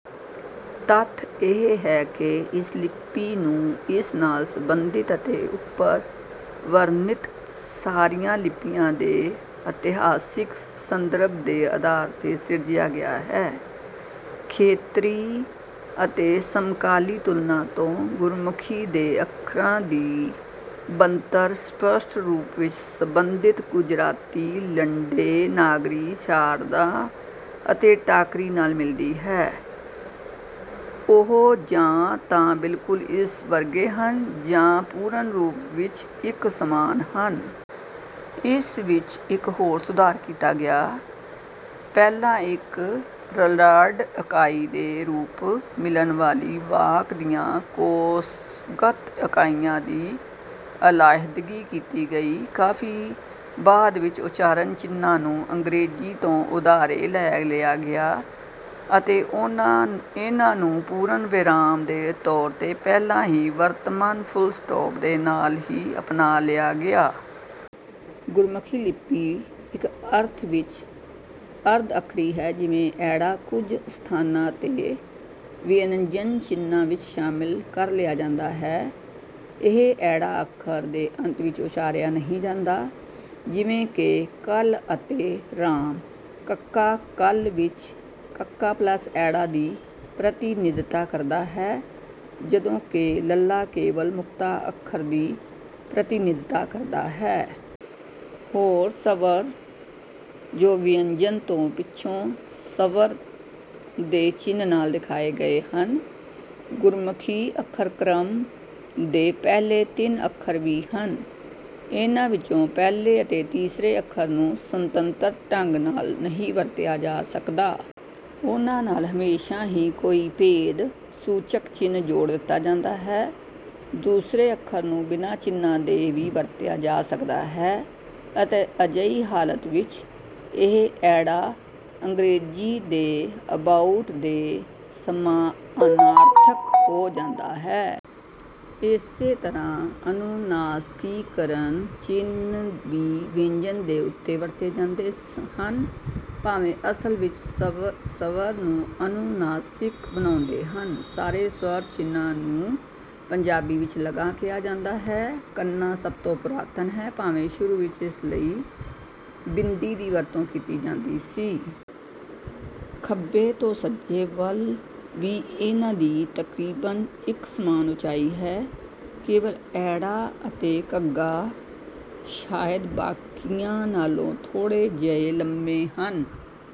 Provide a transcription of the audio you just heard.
ਤੱਥ ਇਹ ਹੈ ਕਿ ਇਸ ਲਿਪੀ ਨੂੰ ਇਸ ਨਾਲ ਸੰਬੰਧਿਤ ਅਤੇ ਉੱਪਰ ਵਰਣਿਤ ਸਾਰੀਆਂ ਲਿਪੀਆਂ ਦੇ ਇਤਿਹਾਸਿਕ ਸੰਦਰਭ ਦੇ ਆਧਾਰ ਤੇ ਸਿਰਜਿਆ ਗਿਆ ਹੈ। ਖੇਤਰੀ ਅਤੇ ਸਮਕਾਲੀ ਤੁਲਨਾ ਤੋਂ ਗੁਰਮੁਖੀ ਦੇ ਅੱਖਰਾਂ ਦੀ ਬਣਤਰ ਸਪਸ਼ਟ ਰੂਪ ਵਿਚ ਸੰਬੰਧਿਤ ਗੁਜਰਾਤੀ, ਲੰਡੇ, ਨਾਗਰੀ, ਸ਼ਾਰਦਾ ਅਤੇ ਟਾਕਰੀ ਨਾਲ ਮਿਲਦੀ ਹੈ: ਉਹ ਜਾਂ ਤਾਂ ਬਿਲਕੁਲ ਇਸ ਵਰਗੇ ਹਨ ਜਾਂ ਪੂਰਨ ਰੂਪ ਵਿਚ ਇਕ ਸਮਾਨ ਹਨ। ਇਸ ਵਿਚ ਇਕ ਹੋਰ ਸੁਧਾਰ ਕੀਤਾ ਗਿਆ; ਪਹਿਲਾਂ ਇਕ ਰਲਗੱਡ ਇਕਾਈ ਦੇ ਰੂਪ ਮਿਲਣ ਵਾਲੀਆਂ ਵਾਕ ਦੀਆਂ ਕੋਸ਼ਗਤ ਇਕਾਈਆਂ ਦੀ ਅਲਿਹਦਗੀ ਕੀਤੀ ਗਈ। ਕਾਫ਼ੀ ਬਾਅਦ ਵਿਚ ਉਚਾਰਨ ਚਿੰਨ੍ਹਾਂ ਨੂੰ ਅੰਗਰੇਜ਼ੀ ਤੋਂ ਉਧਾਰੇ ਲੈ ਲਿਆ ਗਿਆ ਅਤੇ ਇਹਨਾਂ ਨੂੰ ਪੂਰਨ ਵਿਰਾਮ ਦੇ ਤੌਰ ਤੇ ਪਹਿਲਾਂ ਹੀ ਵਰਤਮਾਨ ਫ਼ੁਲ ਸਟਾਪ ਦੇ ਨਾਲ ਹੀ ਅਪਣਾ ਲਿਆ ਗਿਆ। ਗੁਰਮੁਖੀ ਲਿਪੀ ਇਕ ਅਰਥ ਵਿਚ ਅਰਧ-ਅੱਖਰੀ ਹੈ ਜਿਵੇਂ 'ਅ' ਕੁਝ ਸਥਾਨਾਂ ਤੇ ਵਿਅੰਜਨ ਚਿੰਨ੍ਹਾਂ ਵਿਚ ਸ਼ਾਮਲ ਕਰ ਲਿਆ ਜਾਂਦਾ ਹੈ। ਇਹ 'ਅ' ਅੱਖਰ ਦੇ ਅੰਤ ਵਿਚ ਉਚਾਰਿਆ ਨਹੀਂ ਜਾਂਦਾ। ਜਿਵੇਂ ਕਿ ਕਲ ਅਤੇ ਰਾਮ; ਕ ਕਲ ਵਿਚ ਕ+ਅ ਦੀ ਪ੍ਰਤਿਨਿਧਤਾ ਕਰਦਾ ਹੈ, ਜਦੋਂ ਕਿ ਲ ਕੇਵਲ ਮੁਕਤਾ ਅੱਖਰ ਦੀ ਪ੍ਰਤਿਨਿਧਤਾ ਕਰਦਾ ਹੈ। ਹੋਰ ਸਵਰ ਜੋ ਵਿਅੰਜਨ ਤੋਂ ਪਿੱਛੋਂ ਸਵਰ ਦੇ ਚਿੰਨ੍ਹ ਨਾਲ ਦਿਖਾਏ ਗਏ ਹਨ ਗੁਰਮੁਖੀ ਅੱਖਰਕ੍ਰਮ ਦੇ ਪਹਿਲੇ ਤਿੰਨ ਅੱਖਰ ਵੀ ਹਨ। ਇਹਨਾਂ ਵਿਚੋਂ ਪਹਿਲੇ ਅਤੇ ਤੀਸਰੇ ਅੱਖਰ ਨੂੰ ਸੁਤੰਤਰ ਢੰਗ ਨਾਲ ਨਹੀਂ ਵਰਤਿਆ ਜਾ ਸਕਦਾ। ਉਹਨਾਂ ਨਾਲ ਹਮੇਸ਼ਾਂ ਹੀ ਕੋਈ ਭੇਦ ਸੂਚਕ ਚਿੰਨ੍ਹ ਜੋੜ ਦਿੱਤਾ ਜਾਂਦਾ ਹੈ। ਦੂਸਰੇ ਅੱਖਰ ਨੂੰ ਬਿਨਾਂ ਚਿੰਨ੍ਹਾਂ ਦੇ ਵੀ ਵਰਤਿਆ ਜਾ ਸਕਦਾ ਹੈ ਅਤੇ ਅਜਿਹੀ ਹਾਲਤ ਵਿਚ ਇਹ 'ਅ' ਅੰਗਰੇਜ਼ੀ ਦੇ ਅਬਾਉਟ ਦੇ ਸਮਾਨਾਰਥਕ ਹੋ ਜਾਂਦਾ ਹੈ। ਇਸੇ ਤਰ੍ਹਾਂ ਅਨੁਨਾਸਿਕੀਕਰਨ ਚਿੰਨ੍ਹ ਵੀ ਵਿਅੰਜਨ ਦੇ ਉੱਤੇ ਵਰਤੇ ਜਾਂਦੇ ਹਨ ਭਾਵੇਂ ਅਸਲ ਵਿਚ ਸਵਰ ਨੂੰ ਅਨੁਨਾਸਿਕ ਬਣਾਉਂਦੇ ਹਨ। ਸਾਰੇ ਸਵਰ-ਚਿੰਨ੍ਹਾਂ ਨੂੰ ਪੰਜਾਬੀ ਵਿਚ 'ਲਗਾਂ ' ਕਿਹਾ ਜਾਂਦਾ ਹੈ। 'ਾ' ਸਭ ਤੋਂ ਪੁਰਾਤਨ ਹੈ ਭਾਵੇਂ ਸ਼ੁਰੂ ਵਿਚ ਇਸ ਲਈ ਬਿੰਦੀ ਦੀ ਵਰਤੋਂ ਕੀਤੀ ਜਾਂਦੀ ਸੀ। ਖੱਬੇ ਤੋਂ ਸੱਜੇ ਵੱਲ ਵੀ ਇਹਨਾਂ ਦੀ ਤਕਰੀਬਨ ਇਕਸਮਾਨ ਉਚਾਈ ਹੈ, ਕੇਵਲ ਅ ਅਤੇ ਘ ਸ਼ਾਇਦ ਬਾਕੀਆਂ ਨਾਲੋਂ ਥੋੜ੍ਹੇ ਜਿਹੇ ਲੰਮੇ ਹਨ।